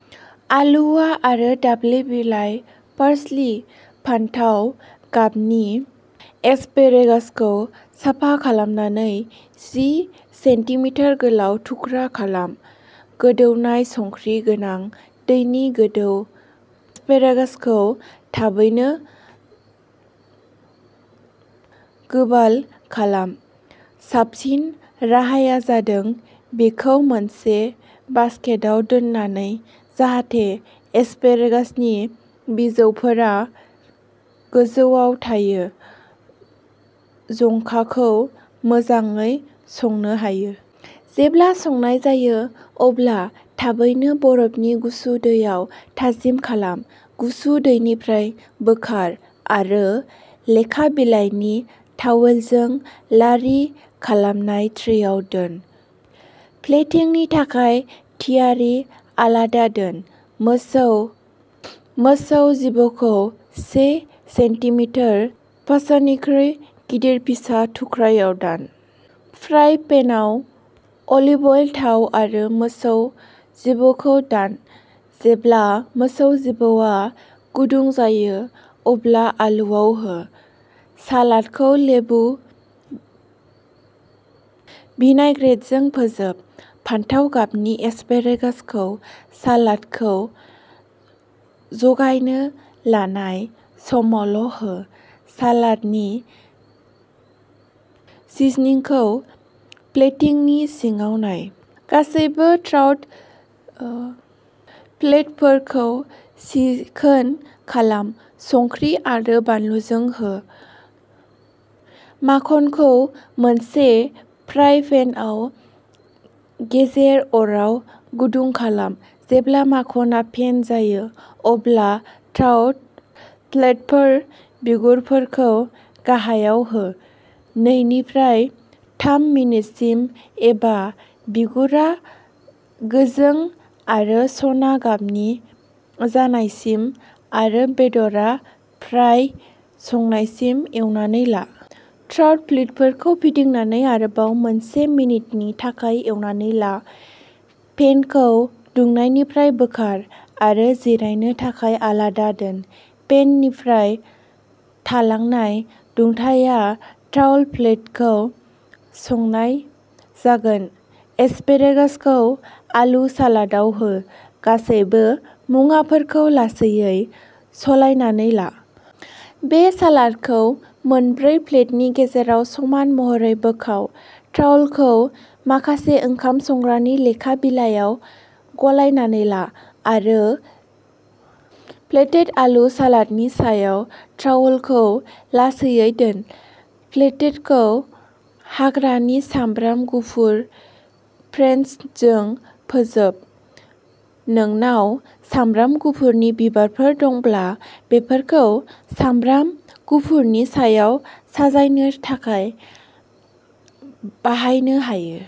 आलुआव आरो दाब्ले बिलाइ पार्सले। फान्थाव गाबनि एसपारागासखौ साफा खालामनानै जि सेन्टिमिटार गोलाव थुख्रा खालाम। गोदौनाय संख्रि गोनां दैनि दोआव एसपारागासखौ थाबैनो गोबाल' खालाम। साबसिन राहाया जादों बेखौ मोनसे बास्केटआव दोननानै, जाहाथे एसपारागासनि बिजौफोरा गोजौआव थायो, जंखाखौ मोजाङै संनो हायो। जेब्ला संनाय जायो, अब्ला थाबैनो बरफनि गुसु दैयाव थाजिम खालाम। गुसु दैनिफ्राय बोखार आरो लेखा बिलाइनि तावेलजों लारि खालामजानाय ट्रेआव दोन; प्लेटिंगनि थाखाय थियारि आलादा दोन। मोसौ मोसौ जिबौखौ से सेन्टिमिटार पासानिख्रुइ गिदिर फिसा थुख्राफोराव दान। फ्राइं पेनआव, अलिभ थाव आरो मोसौ जिबौखौ दान। जेब्ला मोसौ जिबौआ गुदुं जायो, अब्ला आलुआव हो। सालादखौ लेबु भिनाइग्रेटजों फोजोब। फान्थाव गाबनि एसपारागासखौ सालादखौ जगायनो लानाय समावल' हो। सालादनि सिजनिंखौ प्लेटिंगनि सिगां नाय। गासैबो ट्राउट फिललेटफोरखौ सिजोन खालाम। संख्रि आरो बानलुजों हो। माखनखौ मोनसे फ्राइं पेनआव गेजेर अराव गुदुं खालाम। जेब्ला माखनआ फेन जायो, अब्ला ट्राउट फिललेटफोर, बिगुरखौ गाहायाव हो। नैनिफ्राय थाम मिनिटसिम एबा बिगुरा गोजों आरो सना गाबनि जानायसिम आरो बेदरआ फ्राय संनायसिम एवनानै ला। ट्राउट फिललेटफोरखौ फिदिंनानै आरोबाव मोनसे मिनिटनि थाखाय एवनानै ला। पेनखौ दुंनायनिफ्राय बोखार आरो जिरायनो थाखाय आलादा दोन। पेननिफ्राय थालांनाय दुंथाया ट्राउट फिललेटखौ संनाय जागोन। एस्पारागासखौ आलु सालादाव हो; गासैबो मुवाफोरखौ लासैयै गलायनानै ला। बे सालादखौ मोनब्रै प्लेटनि गेजेराव समान महरै बोखाव। ट्राउटखौ माखासे ओंखाम संग्रानि लेखा बिलाइयाव गलायनानै ला आरो प्लेटेड आलु सालादनि सायाव ट्राउटखौ लासैयै दोन। प्लेटखौ हाग्रानि सामब्राम गुफुर पेस्ट'जों फोजोब। नोंनाव सामब्राम गुफुरनि बिबारफोर दंब्ला, बेफोरखौ सामब्राम गुफुरनि सायाव साजायनो थाखाय बाहायनो हायो।